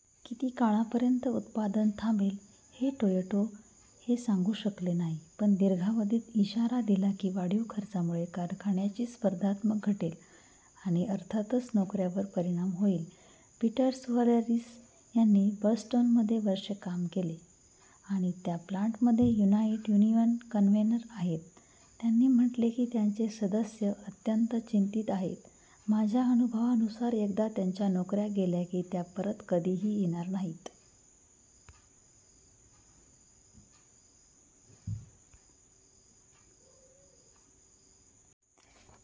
" किती काळापर्यंत उत्पादन थांबेल हे टोयोटा हे सांगू शकले नाही, पण दिर्घावधीत, इशारा दिला की वाढीव खर्चामुळे कारखान्याची स्पर्धात्मकता घटेल आणि अर्थातच नोकऱ्यांवर परिणाम होईल. पीटर सुव्हल्लारीस, ज्यांनी बर्नस्टोनमध्ये वर्षे काम केले आणि त्या प्लांटमध्ये युनाईट युनियन कन्वेनर आहेत, त्यांनी म्हटले की त्यांचे सदस्य अत्यंत चिंतीत आहेत: "माझ्या अनुभवानुसार एकदा त्यांच्या नोकऱ्या गेल्या की त्या परत कधीही येणार नाहीत.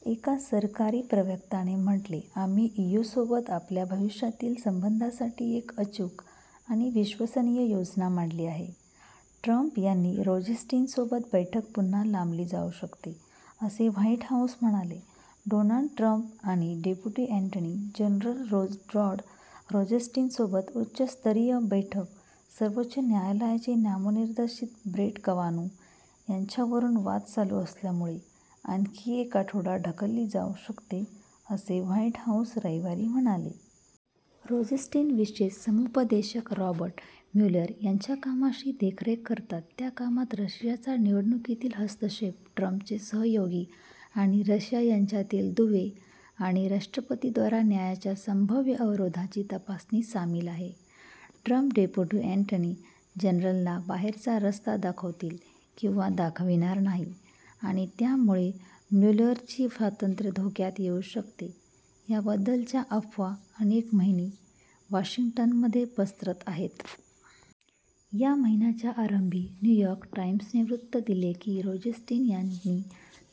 एका सरकारी प्रवक्त्याने म्हटले: "आम्ही ईयूसोबत आपल्या भविष्यातील संबंधांसाठी एक अचूक आणि विश्वसनीय योजना मांडली आहे. " ट्रम्प यांची रोझेन्स्टीनसोबत बैठक पुन्हा लांबली जाऊ शकते, असे व्हाईट हाऊस म्हणाले. डोनाल्ड ट्रम्प यांची डेप्युटी अॅटर्नी जनरल रॉड रोझेन्स्टीनसोबत उच्चस्तरीय बैठक सर्वोच्च न्यायालयाचे नामनिर्देशित ब्रेट कवानु यांच्यावरून वाद चालू असल्यामुळे "आणखी एक आठवडा ढकलली जाऊ शकते" असे व्हाईट हाऊस रविवारी म्हणाले. रोझेन्स्टीन विशेष समुपदेशक रॉबर्ट म्यूलेर यांच्या कामाची देखरेख करतात, ज्या कामात रशियाचा निवडणुकीतील हस्तक्षेप, ट्रम्पचे सहयोगी आणि रशिया यांच्यातील दुवे आणि राष्ट्रपतींद्वारा न्यायाच्या संभाव्य अवरोधाची तपासणी सामील आहे. ट्रम्प डेप्युटी अॅटर्नी जनरलना बाहेरचा रस्ता दाखवतील किंवा दाखविणार नाहीत, आणि त्यामुळे म्यूलेरचे स्वातंत्र्य धोक्यात येऊ शकते, याबद्दलच्या अफवा अनेक महिने वॉशिंग्टनमध्ये पसरत आहेत. या महिन्याच्या आरंभी, न्युयॉर्क टाइम्सने वृत्त दिले की रोझेन्स्टीन यांनी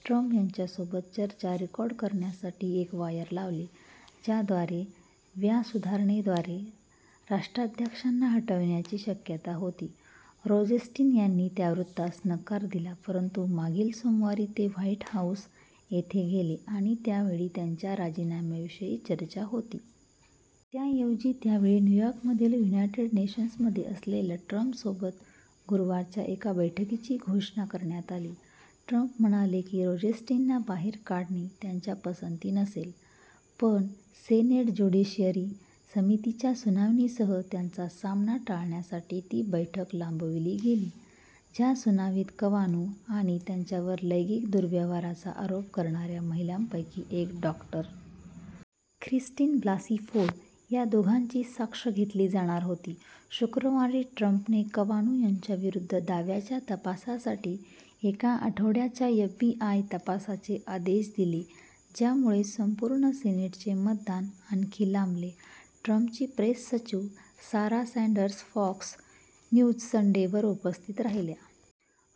ट्रम्प यांच्यासोबत चर्चा रेकॉर्ड करण्यासाठी एक वायर लावले, ज्याद्वारे व्या सुधारणेद्वारे राष्ट्राध्यक्षांना हटविण्याची शक्यता होती. रोझेन्स्टीन यांनी या वृत्तास नकार दिला. परंतु मागील सोमवारी ते व्हाईट हाऊस येथे गेले आणि त्यावेळी त्यांच्या राजीनाम्याविषयी चर्चा होती. त्याऐवजी, त्यावेळी न्यूयॉर्कमधील युनायटेड नेशन्समध्ये असलेल्या ट्रम्पसोबत गुरुवारच्या एका बैठकीची घोषणा करण्यात आली. ट्रम्प म्हणाले की रोझेन्स्टीनना बाहेर काढणे त्यांची "पसंती नसेल", पण सेनेट ज्युडिशियरी समितीच्या सुनावणीसह त्याचा सामना टाळण्यासाठी ती बैठक लांबविली गेली, ज्या सुनावणीत कवानु आणि त्यांच्यावर लैंगिक दुर्व्यवहाराचा आरोप करणाऱ्या महिलांपैकी एक, डॉ. ख्रिस्टिन ब्लासी फोर्ड या दोघांची साक्ष घेतली जाणार होती. शुक्रवारी, ट्रम्पने कवानु यांच्याविरुद्ध दाव्यांच्या तपासासाठी एका आठवड्याच्या एफबीआय तपासाचे आदेश दिले, ज्यामुळे संपूर्ण सिनेटचे मतदान आणखी लांबले. ट्रम्पची प्रेस सचिव, सारा सँडर्स फॉक्स न्यूज संडेवर उपस्थित राहिल्या.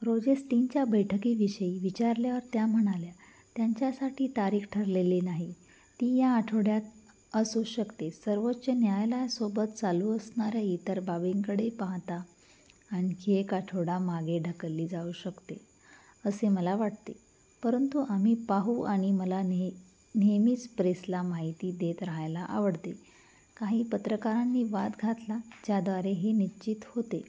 रोझेन्स्टीनच्या बैठकीविषयी विचारल्यावर त्या म्हणाल्या: "त्याच्यासाठी तारीख ठरलेली नाही, ती या आठवड्यात असू शकते, सर्वोच्च न्यायालायासोबत चालू असणाऱ्या इतर बाबींकडे पाहता आणखी एक आठवडा मागे ढकलली जाऊ शकते असे मला वाटते. परंतु, आम्ही पाहू आणि मला नेहमीच प्रेसला माहिती देत रहायला आवडते. " काही पत्रकारांनी वाद घातला ज्याद्वारे हे निश्चित होते: